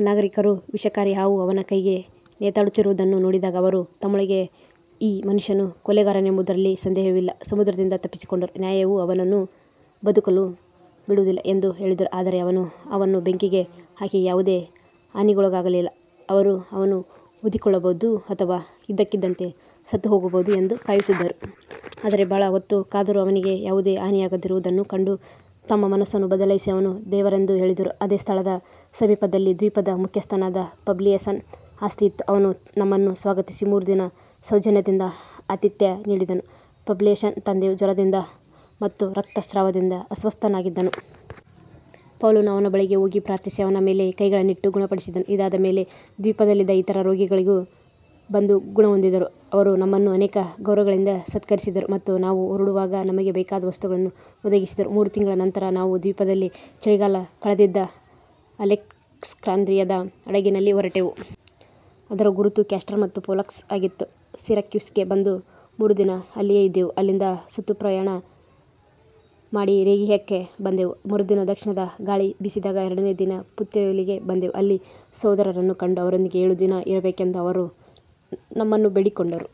ಅನಾಗರಿಕರು ವಿಷಕಾರಿ ಹಾವು ಅವನ ಕೈಗೆ ನೇತಾಡುತ್ತಿರುವುದನ್ನು ನೋಡಿದಾಗ, ಅವರು ತಮ್ಮೊಳಗೆ, ಈ ಮನುಷ್ಯನು ಕೊಲೆಗಾರನೆಂಬುದರಲ್ಲಿ ಸಂದೇಹವಿಲ್ಲ, ಸಮುದ್ರದಿಂದ ತಪ್ಪಿಸಿಕೊಂಡರೂ ನ್ಯಾಯವು ಅವನನ್ನು ಬದುಕಲು ಬಿಡುವುದಿಲ್ಲ ಎಂದು ಹೇಳಿದರು. ಆದರೆ ಅವನು ಹಾವನ್ನು ಬೆಂಕಿಗೆ ಹಾಕಿ ಯಾವುದೇ ಹಾನಿಗೊಳಗಾಗಲಿಲ್ಲ. ಅವರು ಅವನು ಊದಿಕೊಳ್ಳಬಹುದು ಅಥವಾ ಇದ್ದಕ್ಕಿದ್ದಂತೆ ಸತ್ತುಹೋಗಬಹುದು ಎಂದು ಕಾಯುತ್ತಿದ್ದರು. ಆದರೆ ಬಹಳ ಹೊತ್ತು ಕಾದರೂ ಅವನಿಗೆ ಯಾವುದೇ ಹಾನಿಯಾಗದಿರುವುದನ್ನು ಕಂಡು ತಮ್ಮ ಮನಸ್ಸನ್ನು ಬದಲಾಯಿಸಿ, ಅವನು ದೇವರೆಂದು ಹೇಳಿದರು. ಅದೇ ಸ್ಥಳದ ಸಮೀಪದಲ್ಲಿ ದ್ವೀಪದ ಮುಖ್ಯಸ್ಥನಾದ ಪಬ್ಲಿಯಸನ ಆಸ್ತಿ ಇತ್ತು. ಅವನು ನಮ್ಮನ್ನು ಸ್ವಾಗತಿಸಿ ಮೂರು ದಿನ ಸೌಜನ್ಯದಿಂದ ಆತಿಥ್ಯ ನೀಡಿದನು. ಪಬ್ಲಿಯಸನ ತಂದೆಯು ಜ್ವರದಿಂದ ಮತ್ತು ರಕ್ತಸ್ರಾವದಿಂದ ಅಸ್ವಸ್ಥನಾಗಿದ್ದನು. ಪೌಲನು ಅವನ ಬಳಿಗೆ ಹೋಗಿ ಪ್ರಾರ್ಥಿಸಿ, ಅವನ ಮೇಲೆ ಕೈಗಳನ್ನಿಟ್ಟು ಗುಣಪಡಿಸಿದನು. ಇದಾದ ಮೇಲೆ ದ್ವೀಪದಲ್ಲಿದ್ದ ಇತರ ರೋಗಿಗಳೂ ಬಂದು ಗುಣಹೊಂದಿದರು. ಅವರು ನಮ್ಮನ್ನು ಅನೇಕ ಗೌರವಗಳಿಂದ ಸತ್ಕರಿಸಿದರು ಮತ್ತು ನಾವು ಹೊರಡುವಾಗ ನಮಗೆ ಬೇಕಾದ ವಸ್ತುಗಳನ್ನು ಒದಗಿಸಿದರು. ಮೂರು ತಿಂಗಳ ನಂತರ ನಾವು ದ್ವೀಪದಲ್ಲಿ ಚಳಿಗಾಲ ಕಳೆದಿದ್ದ ಅಲೆಕ್ಸಾಂದ್ರಿಯದ ಹಡಗಿನಲ್ಲಿ ಹೊರಟೆವು. ಅದರ ಗುರುತು ಕ್ಯಾಸ್ಟರ್ ಮತ್ತು ಪೊಲಕ್ಸ್ ಆಗಿತ್ತು. ಸಿರಾಕ್ಯೂಸಿಗೆ ಬಂದು ಮೂರು ದಿನ ಅಲ್ಲಿಯೇ ಇದ್ದೆವು. ಅಲ್ಲಿಂದ ಸುತ್ತುಪ್ರಯಾಣ ಮಾಡಿ ರೇಗಿಯಕ್ಕೆ ಬಂದೆವು. ಮರುದಿನ ದಕ್ಷಿಣದ ಗಾಳಿ ಬೀಸಿದಾಗ ಎರಡನೆಯ ದಿನ ಪುತ್ತಿಯೋಲಿಗೆ ಬಂದೆವು. ಅಲ್ಲಿ ಸಹೋದರರನ್ನು ಕಂಡು ಅವರೊಂದಿಗೆ ಏಳು ದಿನ ಇರಬೇಕೆಂದು ಅವರು ನಮ್ಮನ್ನು ಬೇಡಿಕೊಂಡರು.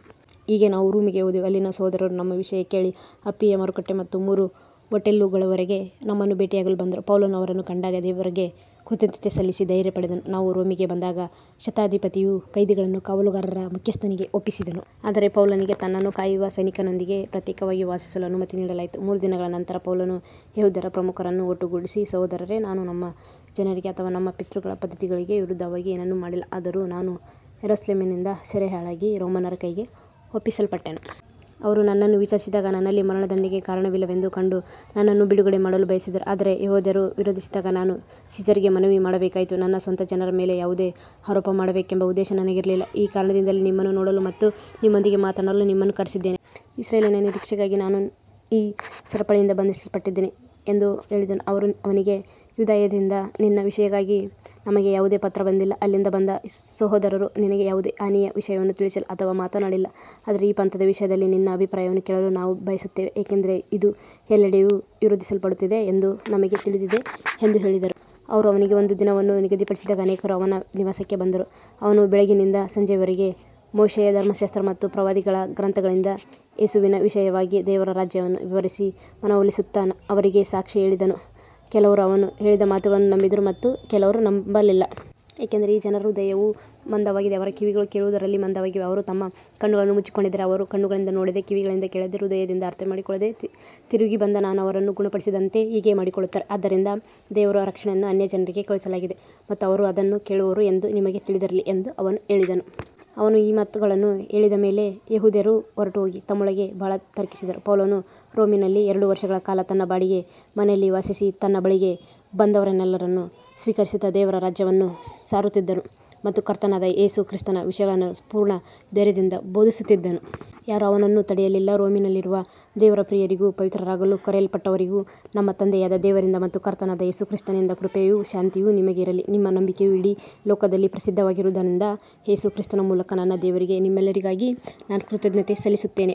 ಹೀಗೆ ನಾವು ರೋಮಿಗೆ ಹೋದೆವು. ಅಲ್ಲಿನ ಸಹೋದರರು ನಮ್ಮ ವಿಷಯ ಕೇಳಿ ಅಪ್ಪಿಯ ಮಾರುಕಟ್ಟೆ ಮತ್ತು ಮೂರು ಹೋಟೆಲುಗಳವರೆಗೆ ನಮ್ಮನ್ನು ಭೇಟಿಯಾಗಲು ಬಂದರು. ಪೌಲನು ಅವರನ್ನು ಕಂಡಾಗ ದೇವರಿಗೆ ಕೃತಜ್ಞತೆ ಸಲ್ಲಿಸಿ ಧೈರ್ಯ ಪಡೆದನು. ನಾವು ರೋಮಿಗೆ ಬಂದಾಗ ಶತಾಧಿಪತಿಯು ಕೈದಿಗಳನ್ನು ಕಾವಲುಗಾರರ ಮುಖ್ಯಸ್ಥನಿಗೆ ಒಪ್ಪಿಸಿದನು. ಆದರೆ ಪೌಲನಿಗೆ ತನ್ನನ್ನು ಕಾಯುವ ಸೈನಿಕನೊಂದಿಗೆ ಪ್ರತ್ಯೇಕವಾಗಿ ವಾಸಿಸಲು ಅನುಮತಿ ನೀಡಲಾಯಿತು. ಮೂರು ದಿನಗಳ ನಂತರ ಪೌಲನು ಯೆಹೂದ್ಯರ ಪ್ರಮುಖರನ್ನು ಒಟ್ಟುಗೂಡಿಸಿ, ಸಹೋದರರೇ, ನಾನು ನಮ್ಮ ಜನರಿಗೆ ಅಥವಾ ನಮ್ಮ ಪಿತೃಗಳ ಪದ್ಧತಿಗಳಿಗೆ ವಿರುದ್ಧವಾಗಿ ಏನನ್ನೂ ಮಾಡಿಲ್ಲ. ಆದರೂ ನಾನು ಯೆರೂಸಲೇಮಿನಿಂದ ಸೆರೆಯಾಳಾಗಿ ರೋಮನ್ನರ ಕೈಗೆ ಒಪ್ಪಿಸಲ್ಪಟ್ಟೆನು. ಅವರು ನನ್ನನ್ನು ವಿಚಾರಿಸಿದಾಗ ನನ್ನಲ್ಲಿ ಮರಣದಂಡನೆಗೆ ಕಾರಣವಿಲ್ಲವೆಂದು ಕಂಡು ನನ್ನನ್ನು ಬಿಡುಗಡೆ ಮಾಡಲು ಬಯಸಿದರು. ಆದರೆ ಯೆಹೂದ್ಯರು ವಿರೋಧಿಸಿದಾಗ ನಾನು ಸೀಸರ್‌ಗೆ ಮನವಿ ಮಾಡಬೇಕಾಯಿತು. ನನ್ನ ಸ್ವಂತ ಜನರ ಮೇಲೆ ಯಾವುದೇ ಆರೋಪ ಮಾಡಬೇಕೆಂಬ ಉದ್ದೇಶ ನನಗಿರಲಿಲ್ಲ. ಈ ಕಾರಣದಿಂದಲೇ ನಿಮ್ಮನ್ನು ನೋಡಲು ಮತ್ತು ನಿಮ್ಮೊಂದಿಗೆ ಮಾತನಾಡಲು ನಿಮ್ಮನ್ನು ಕರೆಸಿದ್ದೇನೆ. ಇಸ್ರಾಯೇಲಿನ ನಿರೀಕ್ಷೆಗಾಗಿ ನಾನು ಈ ಸರಪಳಿಯಿಂದ ಬಂಧಿಸಲ್ಪಟ್ಟಿದ್ದೇನೆ ಎಂದು ಹೇಳಿದನು. ಅವರು ಅವನಿಗೆ, ಯೂದಾಯದಿಂದ ನಿನ್ನ ವಿಷಯವಾಗಿ ನಮಗೆ ಯಾವುದೇ ಪತ್ರ ಬಂದಿಲ್ಲ, ಅಲ್ಲಿಂದ ಬಂದ ಸಹೋದರರೂ ನಿನಗೆ ಯಾವುದೇ ಹಾನಿಯ ವಿಷಯವನ್ನು ತಿಳಿಸಿಲ್ಲ ಅಥವಾ ಮಾತನಾಡಿಲ್ಲ. ಆದರೆ ಈ ಪಂಥದ ವಿಷಯದಲ್ಲಿ ನಿನ್ನ ಅಭಿಪ್ರಾಯವನ್ನು ಕೇಳಲು ನಾವು ಬಯಸುತ್ತೇವೆ, ಏಕೆಂದರೆ ಇದು ಎಲ್ಲೆಡೆಯೂ ವಿರೋಧಿಸಲ್ಪಡುತ್ತಿದೆ ಎಂದು ನಮಗೆ ತಿಳಿದಿದೆ ಎಂದು ಹೇಳಿದರು. ಅವರು ಅವನಿಗೆ ಒಂದು ದಿನವನ್ನು ನಿಗದಿಪಡಿಸಿದಾಗ ಅನೇಕರು ಅವನ ನಿವಾಸಕ್ಕೆ ಬಂದರು. ಅವನು ಬೆಳಗ್ಗಿನಿಂದ ಸಂಜೆಯವರೆಗೆ ಮೋಶೆಯ ಧರ್ಮಶಾಸ್ತ್ರ ಮತ್ತು ಪ್ರವಾದಿಗಳ ಗ್ರಂಥಗಳಿಂದ ಯೇಸುವಿನ ವಿಷಯವಾಗಿ ದೇವರ ರಾಜ್ಯವನ್ನು ವಿವರಿಸಿ ಮನವೊಲಿಸುತ್ತಾ ಅವರಿಗೆ ಸಾಕ್ಷಿ ಹೇಳಿದನು. ಕೆಲವರು ಅವನು ಹೇಳಿದ ಮಾತುಗಳನ್ನು ನಂಬಿದರು ಮತ್ತು ಕೆಲವರು ನಂಬಲಿಲ್ಲ. ಏಕೆಂದರೆ ಈ ಜನರ ಹೃದಯವು ಮಂದವಾಗಿದೆ, ಅವರ ಕಿವಿಗಳು ಕೇಳುವುದರಲ್ಲಿ ಮಂದವಾಗಿವೆ, ಅವರು ತಮ್ಮ ಕಣ್ಣುಗಳನ್ನು ಮುಚ್ಚಿಕೊಂಡಿದ್ದಾರೆ. ಅವರು ಕಣ್ಣುಗಳಿಂದ ನೋಡದೆ, ಕಿವಿಗಳಿಂದ ಕೇಳದೆ, ಹೃದಯದಿಂದ ಅರ್ಥಮಾಡಿಕೊಳ್ಳದೆ, ತಿರುಗಿ ಬಂದು ನಾನು ಅವರನ್ನು ಗುಣಪಡಿಸದಂತೆ ಹೀಗೆ ಮಾಡಿಕೊಳ್ಳುತ್ತಾರೆ. ಆದ್ದರಿಂದ ದೇವರ ರಕ್ಷಣೆಯನ್ನು ಅನ್ಯಜನರಿಗೆ ಕಳುಹಿಸಲಾಗಿದೆ ಮತ್ತು ಅವರು ಅದನ್ನು ಕೇಳುವರು ಎಂದು ನಿಮಗೆ ತಿಳಿದಿರಲಿ ಎಂದು ಅವನು ಹೇಳಿದನು. ಅವನು ಈ ಮಾತುಗಳನ್ನು ಹೇಳಿದ ಮೇಲೆ ಯೆಹೂದ್ಯರು ಹೊರಟುಹೋಗಿ ತಮ್ಮೊಳಗೆ ಬಹಳ ತರ್ಕಿಸಿದರು. ಪೌಲನು ರೋಮಿನಲ್ಲಿ ಎರಡು ವರ್ಷಗಳ ಕಾಲ ತನ್ನ ಬಾಡಿಗೆ ಮನೆಯಲ್ಲಿ ವಾಸಿಸಿ, ತನ್ನ ಬಳಿಗೆ ಬಂದವರೆಲ್ಲರನ್ನು ಸ್ವೀಕರಿಸುತ್ತಾ, ದೇವರ ರಾಜ್ಯವನ್ನು ಸಾರುತ್ತಿದ್ದನು ಮತ್ತು ಕರ್ತನಾದ ಯೇಸು ಕ್ರಿಸ್ತನ ವಿಷಯಗಳನ್ನು ಪೂರ್ಣ ಧೈರ್ಯದಿಂದ ಬೋಧಿಸುತ್ತಿದ್ದನು. ಯಾರೂ ಅವನನ್ನು ತಡೆಯಲಿಲ್ಲ. ರೋಮಿನಲ್ಲಿರುವ ದೇವರ ಪ್ರಿಯರಿಗೂ ಪವಿತ್ರರಾಗಲು ಕರೆಯಲ್ಪಟ್ಟವರಿಗೂ, ನಮ್ಮ ತಂದೆಯಾದ ದೇವರಿಂದ ಮತ್ತು ಕರ್ತನಾದ ಯೇಸು ಕ್ರಿಸ್ತನಿಂದ ಕೃಪೆಯೂ ಶಾಂತಿಯೂ ನಿಮಗೆ ಇರಲಿ. ನಿಮ್ಮ ನಂಬಿಕೆಯು ಇಡೀ ಲೋಕದಲ್ಲಿ ಪ್ರಸಿದ್ಧವಾಗಿರುವುದರಿಂದ, ಯೇಸು ಕ್ರಿಸ್ತನ ಮೂಲಕ ನನ್ನ ದೇವರಿಗೆ ನಿಮ್ಮೆಲ್ಲರಿಗಾಗಿ ನಾನು ಕೃತಜ್ಞತೆ ಸಲ್ಲಿಸುತ್ತೇನೆ.